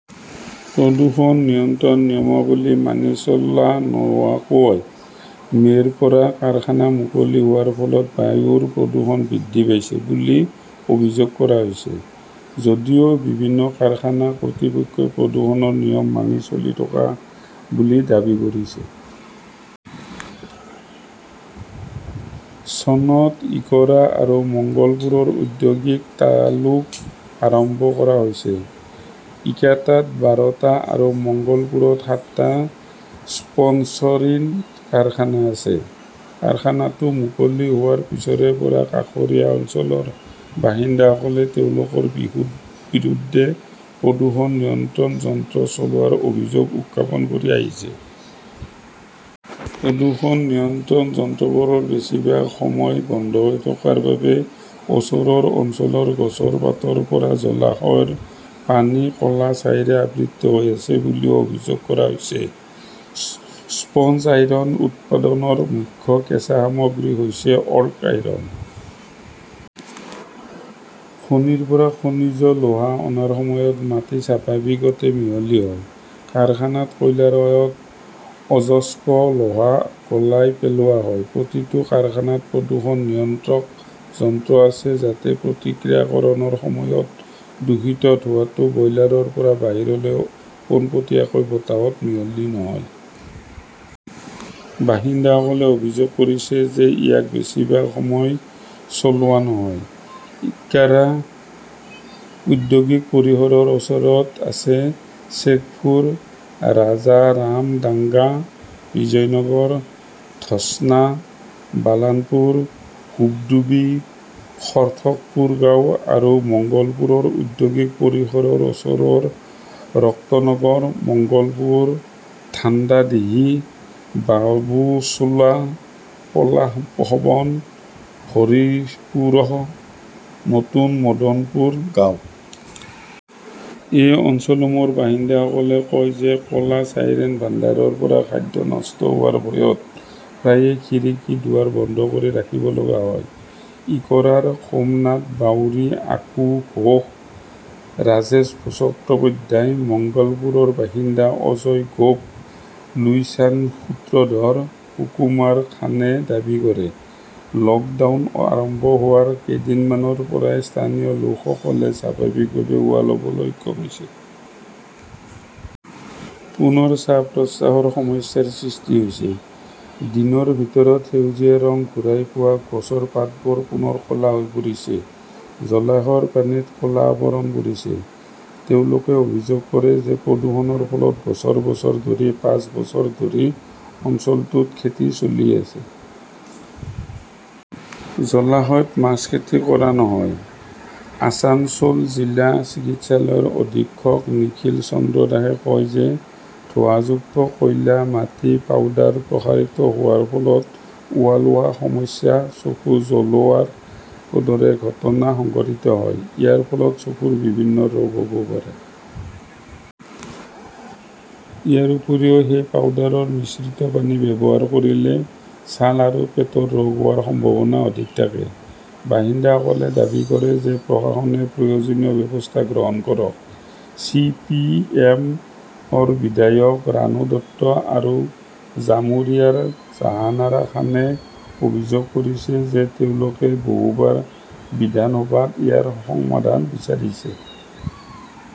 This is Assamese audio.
প্ৰদূষণ নিয়ন্ত্ৰণ নিয়মাৱলী মানি চলা নোহোৱাকৈ মে 'ৰ পৰা কাৰখানা মুকলি হোৱাৰ ফলত বায়ুৰ প্ৰদূষণ বৃদ্ধি পাইছে বুলি অভিযোগ কৰা হৈছে। যদিও বিভিন্ন কাৰখানা কৰ্তৃপক্ষই প্ৰদূষণৰ নিয়ম মানি চলি থকা বুলি দাবী কৰিছে। চনত ইকৰা আৰু মঙ্গলপুৰ ঔদ্যোগিক তালুক আৰম্ভ কৰা হৈছিল। ইকাতাত বাৰটা আৰু মঙ্গলপুৰত সাতটা স্পঞ্জইৰন কাৰখানা আছে। কাৰখানাটো মুকলি হোৱাৰ পিছৰে পৰা কাষৰীয়া অঞ্চলৰ বাসিন্দাসকলে তেওঁলোকৰ বিৰুদ্ধে প্ৰদূষণ নিয়ন্ত্ৰক যন্ত্ৰ চলোৱাৰ অভিযোগ উত্থাপন কৰি আহিছে। প্ৰদূষণ নিয়ন্ত্ৰক যন্ত্ৰবোৰ বেছিভাগ সময় বন্ধ হৈ থকাৰ বাবে ওচৰৰ অঞ্চলৰ গছৰ পাতৰ পৰা জলাশয়ৰ পানী ক 'লা ছাইৰে আবৃত হৈ আছে বুলিও অভিযোগ কৰা হৈছে। স্পঞ্জ আইৰণ উৎপাদনৰ মুখ্য কেঁচা সামগ্ৰী হৈছে অৰ্ক আইৰণ। খনিৰ পৰা খনিজ লোহা অনাৰ সময়ত মাটি স্বাভাৱিকভাৱেই মিহলি হয়। কাৰখানাত কয়লাৰ সহায়ত অযস্ক লোহা গলাই পেলোৱা হয়। প্ৰতিটো কাৰখানাত প্ৰদূষণ নিয়ন্ত্ৰক যন্ত্ৰ আছে যাতে প্ৰক্ৰিয়াকৰণৰ সময়ত দূষিত ধোঁৱাটো বয়লাৰৰ পৰা বাহিৰলৈ ওলাই পোনপটীয়াকৈ বতাহত মিহলি নহয়। বাসিন্দাসকলে অভিযোগ কৰিছে যে ইয়াক বেছিভাগ সময়ত চলোৱা নহয়। ইক্কাৰা ঔদ্যোগিক পৰিসৰৰ ওচৰত আছে শ্বেখপুৰ, ৰাজাৰামডাংগা, বিজয়নগৰ, ধসনা, বালানপুৰ, হুবডুবি, সৰ্থকপুৰ গাঁও আৰু মঙ্গলপুৰ ঔদ্যোগিক পৰিসৰৰ ওচৰৰ বক্তৰনগৰ, মঙ্গলপুৰ, থান্ডাডিহি, বাবুশ্বোল, পলাশবন, হৰিশপুৰ, নতুন মদনপুৰ গাঁও। এই অঞ্চলসমূহৰ বাসিন্দাসকলে কয় যে ক 'লা ছাইৰে ভাণ্ডাৰৰ পৰা খাদ্য নষ্ট হোৱাৰ ভয়ত প্ৰায়ে খিৰিকী, দুৱাৰ বন্ধ কৰি ৰাখিব লগা হয়। ইকৰাৰ সোমনাথ বাউৰী, আকু ঘোষ, ৰাজেশ চট্টোপাধ্যায়, মাংগালপুৰৰ বাসিন্দা অজয় গোপ, লুইচান্দ সূত্ৰধৰ, সুকুমাৰ খানে দাবী কৰে, লকডাউন আৰম্ভ হোৱাৰ কেইদিনমানৰ পৰাই স্থানীয় লোকসকলে স্বাভাৱিকভাৱে উশাহ লবলৈ সক্ষম হৈছে। পুনৰ শ্বাস-প্ৰশ্বাসৰ সমস্যাৰ সৃষ্টি হৈছে। দিনৰ ভিতৰত সেউজীয়া ৰং ঘূৰাই পোৱা গছৰ পাতবোৰ পুনৰ ক 'লা হৈ পৰিছে। জলাশয়ৰ পানীত ক 'লা আৱৰণ পৰিছে। তেওঁলোকে অভিযোগ কৰে যে প্ৰদূষণৰ ফলত বছৰ বছৰ ধৰি পাঁচ বছৰ ধৰি অঞ্চলটোত খেতি চলি আছে। জলাশয়ত মাছ খেতি কৰা নহয়। আসানছোল জিলা চিকিৎসালয়ৰ অধীক্ষক নিখিল চন্দ্ৰ দাসে কয় যে ধোঁৱাযুক্ত কয়লা, মাটিৰ পাউডাৰ প্ৰসাৰিত হোৱাৰ ফলত উশাহ লোৱাৰ সমস্যা, চকু জ্বলোৱাৰ দৰে ঘটনা সংঘটিত হয়। ইয়াৰ ফলত চকুৰ বিভিন্ন ৰোগ হব পাৰে। ইয়াৰ উপৰিও, সেই পাউডাৰ মিশ্ৰিত পানী ব্যৱহাৰ কৰিলে ছাল আৰু পেটৰ ৰোগ হোৱাৰ সম্ভাৱনা অধিক থাকে। বাসিন্দাসকলে দাবী কৰে যে প্ৰশাসনে প্ৰয়োজনীয় ব্যৱস্থা গ্ৰহণ কৰক। চি. পি. এম. -ৰ বিধায়ক ৰানু দত্ত আৰু জামুৰিয়াৰ জাহানৰা খানে অভিযোগ কৰিছে যে তেওঁলোকে বহুবাৰ বিধান সভাত ইয়াৰ সমাধান বিচাৰিছে।